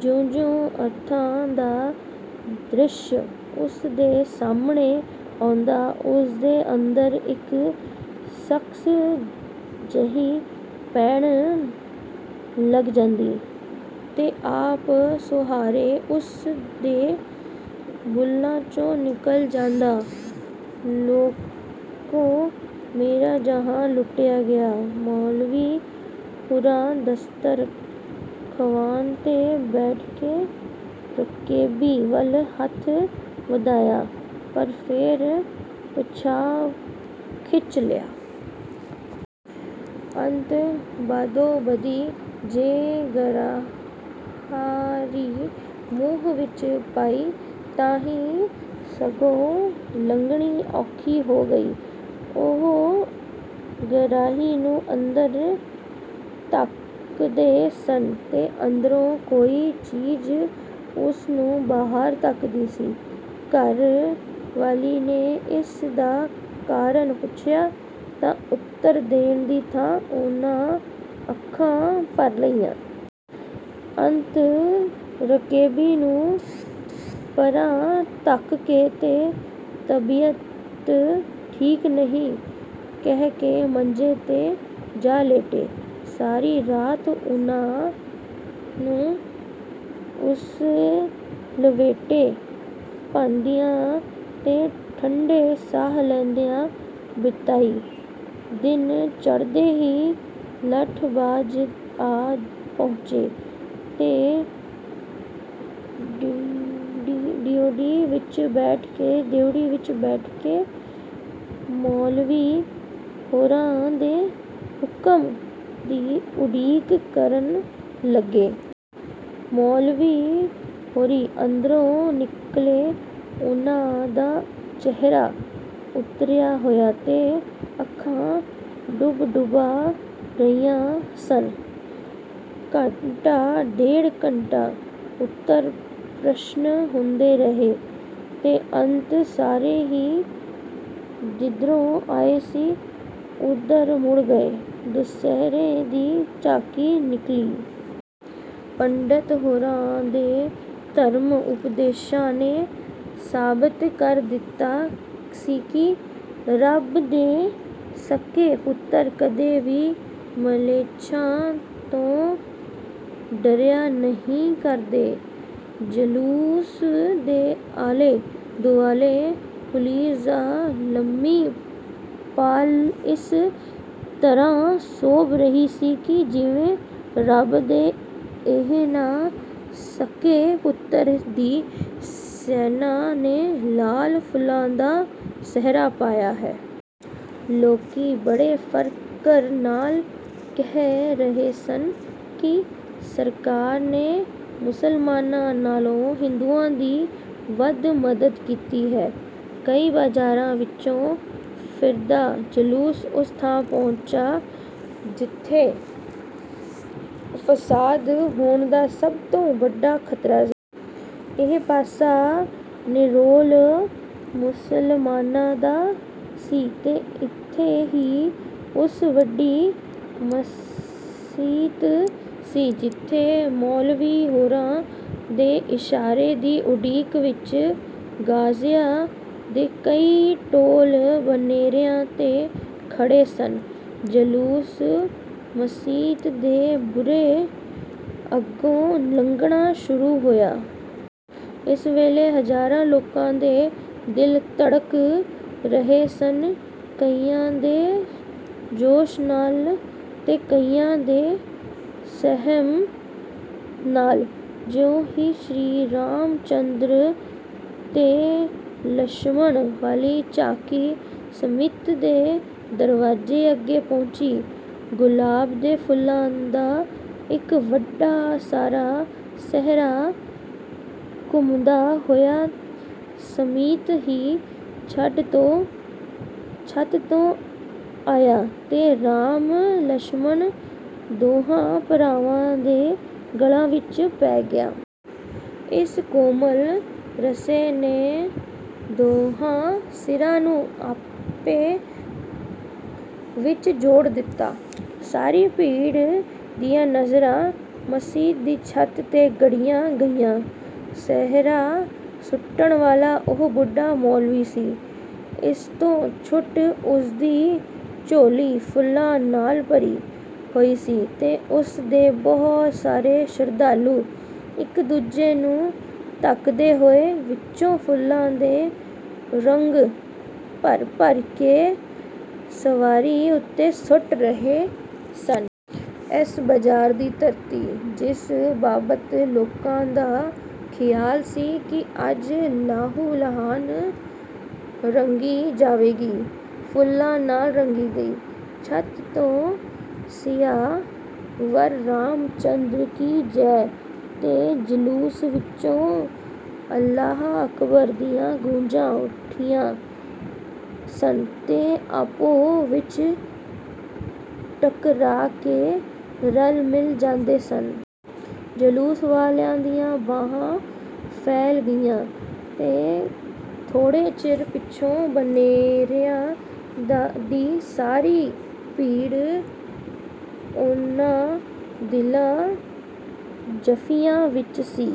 ਜਿਉਂ ਜਿਉਂ ਅਰਥਾ ਦਾ ਦ੍ਰਿਸ਼ ਉਸ ਦੇ ਸਾਹਮਣੇ ਆਉਂਦਾ ਉਸ ਦੇ ਅੰਦਰ ਇਕ ਸਕਕ ਜਹੀ ਪੈਣ ਲਗ ਜਾਂਦੀ ਤੇ ਆਪ ਮੁਹਾਰੇ ਉਸ ਦੇ ਬੁਲ੍ਹਾਂ ਚੋਂ ਨਿਕਲ ਜਾਂਦਾ, "ਲੋਕੋ! ਮੇਰਾ ਜਹਾਨ ਲੁੱਟਿਆ ਗਿਆ! " ਮੌਲਵੀ ਹੁਰਾਂ ਦਸਤਰ ਖਵਾਨ ਤੇ ਬੈਠ ਕੇ ਰਕੇਬੀ ਵਲ ਹੱਥ ਵਧਾਇਆ, ਪਰ ਫੇਰ ਪਿਛਾਂਹ ਖਿਚ ਲਿਆ। ਅੰਤ ਬਦੋ ਬਦੀ ਜੇ ਗਰਾਹੀ ਮੂੰਹ ਵਿਚ ਪਾਈ ਹੀ ਤਾਂ ਸੰਘੋ ਲੰਘਣੀ ਔਖੀ ਹੋ ਗਈ। ਉਹ ਗਰਾਹੀ ਨੂੰ ਅੰਦਰ ਧਕਦੇ ਸਨ ਤੇ ਅੰਦਰੋਂ ਕੋਈ ਚੀਜ਼ ਉਸ ਨੂੰ ਬਾਹਰ ਧੱਕਦੀ ਸੀ। ਘਰ ਵਾਲੀ ਨੇ ਇਸ ਦਾ ਕਾਰਨ ਪੁੱਛਿਆ ਤਾਂ ਉਤਰ ਦੇਣ ਦੀ ਥਾਂ ਉਨ੍ਹਾਂ ਅੱਖਾਂ ਭਰ ਲਈਆਂ। ਅੰਤ ਰਕੇਬੀ ਨੂੰ ਪਰ੍ਹਾਂ ਧੱਕ ਕੇ ਤੇ 'ਤਬੀਅਤ ਠੀਕ ਨਹੀਂ' ਕਹਿ ਕੇ ਮੰਜੇ ਤੇ ਜਾ ਲੇਟੇ। ਸਾਰੀ ਰਾਤ ਉਨ੍ਹਾਂ ਉਸੱਲਵੱਟੇ ਭੰਨਦਿਆਂ ਤੇ ਠੰਢੇ ਸਾਹ ਲੈਂਦਿਆਂ ਬਿਤਾਈ। ਦਿਨ ਚੜ੍ਹਦੇ ਹੀ - ਲਠ ਬਾਜ਼ ਆ ਪਹੁੰਚੇ ਤੇ ਡਿਓਢੀ ਵਿਚ ਬੈਠ ਕੇ ਡਿੳਢੀ ਵਿਚ ਬੈਠ ਕੇ ਮੌਲਵੀ ਹੋਰਾਂ ਦੇ ਹੁਕਮ ਦੀ ਉਡੀਕ ਕਰਨ ਲੱਗੇ। ਮੌਲਵੀ ਹੋਰੀਂ ਅੰਦਰੋਂ ਨਿਕਲੇ। ਉਹਨਾਂ ਦਾ ਚਿਹਰਾ ਉਤਰਿਆ ਹੋਇਆ ਤੇ ਅੱਖਾਂ ਡੁਬਡੁਬਾ ਰਹੀਆਂ ਸਨ। ਘੰਟਾ ਡੇਢ ਘੰਟਾ ਉੱਤਰ ਪ੍ਰਸ਼ਨ ਹੁੰਦੇ ਰਹੇ ਤੇ ਅੰਤ ਸਾਰੇ ਹੀ, ਜਿਧਰੋਂ ਆਏ ਸੀ, ਉਧਰੇ ਮੁੜ ਗਏ। ਦੁਸਹਿਰੇ ਦੀ ਝਾਕੀ ਨਿਕਲੀ। ਪੰਡਤ ਹੋਰਾਂ ਦੇ ਧਰਮ ਉਪਦੇਸ਼ਾਂ ਨੇ ਸਾਬਤ ਕਰ ਦਿਤਾ ਸੀ ਕਿ ਰਬ ਦੇ ਸੱਕੇ ਪੁਤਰ ਕਦੇ ਵੀ ਮਲੇਛਾਂ ਤੋਂ ਡਰਿਆ ਨਹੀਂ ਕਰਦੇ। ਜਲੂਸ ਦੇ ਆਲੇ ਦੁਆਲੇ ਪੁਲੀਸ ਦੀ ਲੰਮੀ ਪਾਲ ਇਸ ਤਰ੍ਹਾਂ ਸੋਭ ਰਹੀ ਸੀ ਕਿ ਜਿਵੇਂ ਰੱਬ ਦੇ ਇਹਨਾਂ ਸੱਕੇ ਪੁੱਤਰ ਦੀ ਸੈਨਾ ਨੇ ਲਾਲ ਫੁਲਾਂ ਦਾ ਸਿਹਰਾ ਪਾਇਆ ਹੈ। ਲੋਕੀਂ ਬੜੇ ਫਕਰ ਨਾਲ ਕਹਿ ਰਹੇ ਸਨ ਕਿ ਸਰਕਾਰ ਨੇ ਮੁਸਲਮਾਨਾਂ ਨਾਲੋਂ ਹਿੰਦੂਆਂ ਦੀ ਵੱਧ ਮਦਦ ਕੀਤੀ ਹੈ। ਕਈ ਬਾਜ਼ਾਰਾਂ ਵਿਚੋਂ ਫਿਰਦਾ ਜਲੂਸ ਉਸ ਥਾਂ ਪੁੱਚਾ ਜਿਥੇ ਫ਼ਸਾਦ ਹੋਣ ਦਾ ਸਭ ਤੋਂ ਵਧੀਕ ਖ਼ਤਰਾ ਸੀ। ਇਹ ਪਾਸਾ ਨਿਰੋਲ ਮੁਸਲਮਾਨਾਂ ਦਾ ਸੀ ਤੇ ਇਥੇ ਹੀ ਉਹ ਵਡੀ ਮਸੀਤ ਸੀ ਜਿਥੇ ਮੌਲਵੀ ਹੋਰਾਂ ਦੇ ਇਸ਼ਾਰੇ ਦੀ ਉਡੀਕ ਵਿਚ ਗ਼ਾਜ਼ੀਆਂ ਦੇ ਕਈ ਟੋਲੇ ਬਨੇਰਿਆਂ ਤੇ ਖੜੇ ਸਨ। ਜਲੂਸ ਮਸੀਤ ਦੇ ਬੂਹੇ ਅੱਗੋਂ ਲੰਘਣਾ ਸ਼ੁਰੂ ਹੋਇਆ। ਇਸ ਵੇਲੇ ਹਜ਼ਾਰਾਂ ਲੋਕਾਂ ਦੇ ਦਿਲ ਧੜਕ ਰਹੇ ਸਨ-ਕਈਆਂ ਦੇ ਜੋਸ਼ ਨਾਲ ਤੇ ਕਈਆਂ ਦੇ ਸਹਿਮ ਨਾਲ। ਜਿਉਂ ਹੀ ਸ੍ਰੀ ਰਾਮ ਚੰਦਰ ਤੇ ਲਛਮਣ ਵਾਲੀ ਝਾਕੀ ਮਸੀਤ ਦੇ ਦਰਵਾਜ਼ੇ ਅੱਗੇ ਪਹੁੰਚੀ, ਗੁਲਾਬ ਦੇ ਫੁੱਲਾਂ ਦਾ ਇਕ ਵੱਡਾ ਸਾਰਾ ਸਿਹਰਾ ਘੁੰਮਦਾ ਹੋਇਆ ਮਸੀਤ ਦੀ ਛੱਤ ਤੋਂ ਆਇਆ ਤੇ ਰਾਮ ਲਛਮਣ, ਦੋਹਾਂ ਭਰਾਵਾਂ ਦੇ ਗਲਾਂ ਵਿਚ ਪੈ ਗਿਆ। ਇਸ ਕੋਮਲ ਰੱਸੇ ਨੇ ਦੁਹਾਂ ਸਿਰਾਂ ਨੂੰ ਆਪੋ ਵਿਚ ਜੋੜ ਦਿਤਾ। ਸਾਰੀ ਭੀੜ ਦੀਆਂ ਨਜ਼ਰਾਂ ਮਸੀਤ ਦੀ ਛੱਤ ਤੇ ਗੱਡੀਆਂ ਗਈਆਂ। ਸਿਹਰਾ ਸੁੱਟਣ ਵਾਲਾ ਉਹੀ ਬੁੱਢਾ ਮੌਲਵੀ ਸੀ। ਇਸ ਤੋਂ ਛੁੱਟ ਉਸਦੀ ਝੋਲੀ ਫੁੱਲਾਂ ਨਾਲ ਭਰੀ ਹੋਈ ਸੀ ਤੇ ਉਸ ਦੇ ਬਹੁਤ ਸਾਰੇ ਸ਼ਰਧਾਲੂ, ਇਕ ਦੂਜੇ ਨੂੰ ਧਕਦੇ ਹੋਏ, ਵਿਚੋਂ ਫੁੱਲਾਂ ਦੇ ਰੁਗ ਭਰ ਭਰ ਕੇ ਸਵਾਰੀ ਉਤੇ ਸੁਟ ਰਹੇ ਸਨ। ਇਸ ਬਾਜ਼ਾਰ ਦੀ ਧਰਤੀ, ਜਿਸ ਬਾਬਤ ਲੋਕਾਂ ਦਾ ਖਿਆਲ ਸੀ ਕਿ ਅੱਜ ਲਹੂ ਨਾਲ ਰੰਗੀ ਜਾਵੇਗੀ, ਫੁੱਲਾਂ ਨਾਲ ਰੰਗੀ ਗਈ। ਛਤ ਤੋਂ 'ਸੀਆ ਵਰ ਰਾਮ ਚੰਦਰ ਕੀ ਜੈ ਤੇ ਜਲੂਸ ਵਿਚੋਂ 'ਅੱਲਾਹ ਅਕਬਰ' ਦੀਆਂ ਗੂੰਜਾਂ ਉਠਦੀਆਂ ਸਨ ਤੇ ਆਪੋ ਵਿਚ ਟਕਰਾ ਕੇ ਰਲ ਮਿਲ ਜਾਂਦੀਆਂ ਸਨ। ਜਲੂਸ ਵਾਲਿਆਂ ਦੀਆਂ ਬਾਹਾਂ ਫੈਲ ਗਈਆਂ ਤੇ ਥੋੜੇ ਚਿਰ ਪਿਛੋਂ ਬਨੇਰਿਆਂ ਦੀ ਸਾਰੀ ਭੀੜ ਉਹਨਾਂ ਦੀਆਂ ਜੱਫੀਆਂ ਵਿਚ ਸੀ।